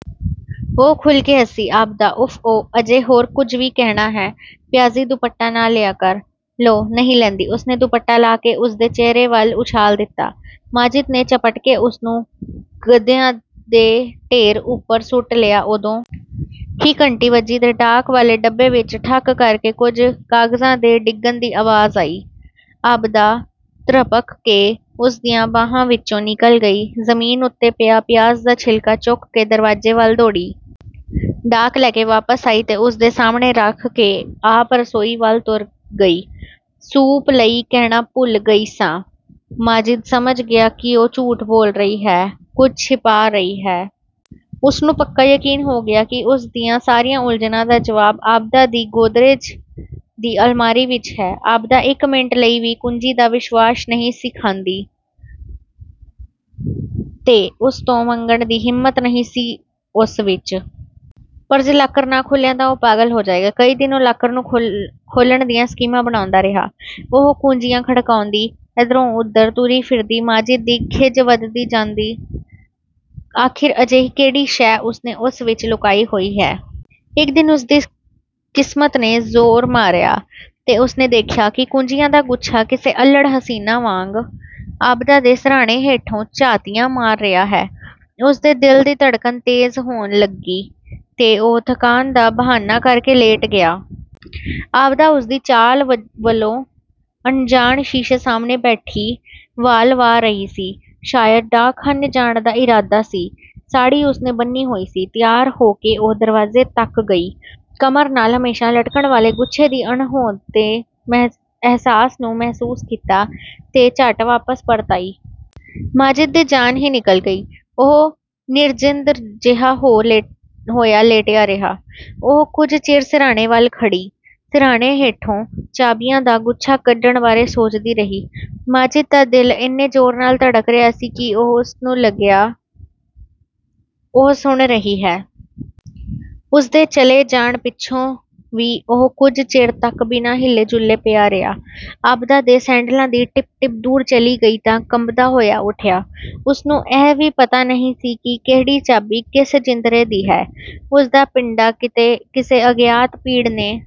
ਉਹ ਖੁੱਲ੍ਹ ਕੇ ਹੱਸੀ। "ਆਬਿਦਾ!" "ਉਫ਼-ਓ, ਅਜੇ ਹੋਰ ਕੁਝ ਵੀ ਕਹਿਣਾ ਹੈ?" "ਪਿਆਜ਼ੀ ਦੁਪੱਟਾ ਨਾ ਲਿਆ ਕਰ।" "ਲਓ ਨਹੀਂ ਲੈਂਦੀ।" ਉਸਨੇ ਦੁਪੱਟਾ ਲਾਹ ਕੇ ਉਸਦੇ ਚਿਹਰੇ ਵੱਲ ਉਛਾਲ ਦਿੱਤਾ। ਮਾਜਿਦ ਨੇ ਝਪਟ ਕੇ ਉਸਨੂੰ ਗੱਦਿਆਂ ਦੇ ਢੇਰ ਉੱਪਰ ਸੁੱਟ ਲਿਆ। ਉਦੋਂ ਹੀ ਘੰਟੀ ਵੱਜੀ ਤੇ ਡਾਕ ਵਾਲੇ ਡੱਬੇ ਵਿੱਚ ਠੱਕ ਕਰਕੇ ਕੁਝ ਕਾਗਜ਼ਾਂ ਦੇ ਡਿੱਗਣ ਦੀ ਆਵਾਜ਼ ਆਈ। ਆਬਿਦਾ ਤ੍ਰਭਕ ਕੇ ਉਸਦੀਆਂ ਬਾਹਾਂ ਵਿੱਚੋਂ ਨਿਕਲ ਗਈ। ਜ਼ਮੀਨ ਉੱਤੇ ਪਿਆ 'ਪਿਆਜ਼ ਦਾ ਛਿਲਕਾ' ਚੁੱਕ ਕੇ ਦਰਵਾਜ਼ੇ ਵੱਲ ਦੌੜੀ। ਡਾਕ ਲੈ ਕੇ ਵਾਪਸ ਆਈ ਤੇ ਉਸਦੇ ਸਾਹਮਣੇ ਰੱਖ ਕੇ ਆਪ ਰਸੋਈ ਵੱਲ ਤੁਰ ਗਈ, "ਸੂਪ ਲਈ ਕਹਿਣਾ ਭੁੱਲ ਗਈ ਸਾਂ।" ਮਾਜਿਦ ਸਮਝ ਗਿਆ ਕਿ ਉਹ ਝੂਠ ਬੋਲ ਰਹੀ ਹੈ, ਕੁਝ ਛਿਪਾ ਰਹੀ ਹੈ। ਉਸਨੂੰ ਪੱਕਾ ਯਕੀਨ ਹੋ ਗਿਆ ਸੀ ਕਿ ਉਸ ਦੀਆਂ ਸਾਰੀਆਂ ਉਲਝਣਾਂ ਦਾ ਜਵਾਬ ਆਬਿਦਾ ਦੀ ਗੋਦਰੇਜ ਦੀ ਅਲਮਾਰੀ ਵਿੱਚ ਹੈ। ਆਬਿਦਾ ਇੱਕ ਮਿੰਟ ਲਈ ਵੀ ਕੁੰਜੀ ਦਾ ਵਿਸ਼ਵਾਸ ਨਹੀਂ ਸੀ ਖਾਂਦੀ ਤੇ ਉਸ ਤੋਂ ਮੰਗਣ ਦੀ ਹਿੰਮਤ ਨਹੀਂ ਸੀ ਉਸ ਵਿੱਚ। ਪਰ ਜੇ ਲਾਕਰ ਨਾ ਖੁੱਲ੍ਹਿਆ ਤਾਂ ਉਹ ਪਾਗਲ ਹੋ ਜਾਏਗਾ। ਕਈ ਦਿਨ ਉਹ ਲਾਕਰ ਨੂੰ ਖੋਲ੍ਹਣ ਦੀਆਂ ਸਕੀਮਾਂ ਬਣਾਉਂਦਾ ਰਿਹਾ। ਉਹ ਕੁੰਜੀਆਂ ਖੜਕਾਉਂਦੀ ਇੱਧਰੋਂ-ਉੱਧਰ ਤੁਰੀ ਫਿਰਦੀ, ਮਾਜਿਦ ਦੀ ਖਿਝ ਵਧਦੀ ਜਾਂਦੀ। ਆਖਿਰ ਅਜਿਹੀ ਕਿਹੜੀ ਸ਼ੈ ਉਸਨੇ ਉਸ ਵਿੱਚ ਲੁਕਾਈ ਹੋਈ ਹੈ? ਇੱਕ ਦਿਨ ਉਸਦੀ ਕਿਸਮਤ ਨੇ ਜ਼ੋਰ ਮਾਰਿਆ ਤੇ ਉਸਨੇ ਦੇਖਿਆ ਕਿ ਕੁੰਜੀਆਂ ਦਾ ਗੁੱਛਾ ਕਿਸੇ ਅਲ੍ਹੜ ਹਸੀਨਾ ਵਾਂਗ ਆਬਿਦਾ ਦੇ ਸਿਰਹਾਣੇ ਹੇਠੋਂ ਝਾਤੀਆਂ ਮਾਰ ਰਿਹਾ ਹੈ। ਉਸਦੇ ਦਿਲ ਦੀ ਧੜਕਨ ਤੇਜ਼ ਹੋਣ ਲੱਗੀ ਤੇ ਉਹ ਥਕਾਨ ਦਾ ਬਹਾਨਾ ਕਰਕੇ ਲੇਟ ਗਿਆ। ਆਬਿਦਾ ਉਸਦੀ ਚਾਲ ਵੱਲੋਂ ਅਨਜਾਣ, ਸ਼ੀਸ਼ੇ ਸਾਹਮਣੇ ਬੈਠੀ ਵਾਲ ਵਾਹ ਰਹੀ ਸੀ। ਸ਼ਾਇਦ ਡਾਕਖਾਨੇ ਜਾਣ ਦਾ ਇਰਾਦਾ ਸੀ, ਸਾੜ੍ਹੀ ਉਸਨੇ ਬੰਨ੍ਹੀ ਹੋਈ ਸੀ। ਤਿਆਰ ਹੋ ਕੇ ਉਹ ਦਰਵਾਜ਼ੇ ਤੱਕ ਗਈ, ਕਮਰ ਨਾਲ ਹਮੇਸ਼ਾ ਲਟਕਣ ਵਾਲੇ ਗੁੱਛੇ ਦੀ ਅਣਹੋਂਦ ਦੇ ਅਹਿਸਾਸ ਨੂੰ ਮਹਿਸੂਸ ਕੀਤਾ ਤੇ ਝੱਟ ਵਾਪਸ ਪਰਤ ਆਈ। ਮਾਜਿਦ ਦੀ ਜਾਨ ਹੀ ਨਿਕਲ ਗਈ। ਉਹ ਨਿਰਜਿੰਦ ਜਿਹਾ ਹੋਇਆ ਲੇਟਿਆ ਰਿਹਾ। ਉਹ ਕੁਝ ਚਿਰ ਸਿਰਹਾਣੇ ਵੱਲ ਖੜ੍ਹੀ, ਸਿਰਹਾਣੇ ਹੇਠੋਂ ਚਾਬੀਆਂ ਦਾ ਗੁੱਛਾ ਕੱਢਣ ਬਾਰੇ ਸੋਚਦੀ ਰਹੀ। ਮਾਜਿਦ ਦਾ ਦਿਲ ਇੰਨੇ ਜ਼ੋਰ ਨਾਲ ਧੜਕ ਰਿਹਾ ਸੀ ਕਿ ਉਸਨੂੰ ਲੱਗਿਆ, ਉਹ ਸੁਣ ਰਹੀ ਹੈ। ਉਸਦੇ ਚਲੇ ਜਾਣ ਪਿੱਛੋਂ ਵੀ ਉਹ ਕੁਝ ਚਿਰ ਤੱਕ ਬਿਨਾਂ ਹਿੱਲੇ-ਜੁੱਲੇ ਪਿਆ ਰਿਹਾ। ਆਬਿਦਾ ਦੇ ਸੈਂਡਲਾਂ ਦੀ ਟਿਪ-ਟਿਪ ਦੂਰ ਚਲੀ ਗਈ ਤਾਂ ਕੰਬਦਾ ਹੋਇਆ ਉੱਠਿਆ। ਉਸਨੂੰ ਇਹ ਵੀ ਪਤਾ ਨਹੀਂ ਸੀ ਕਿ ਕਿਹੜੀ ਚਾਬੀ ਕਿਸ ਜਿੰਦਰੇ ਦੀ ਹੈ। ਉਸਦਾ ਪਿੰਡਾ ਕਿਸੇ ਅਗਿਆਤ ਪੀੜ ਨੇ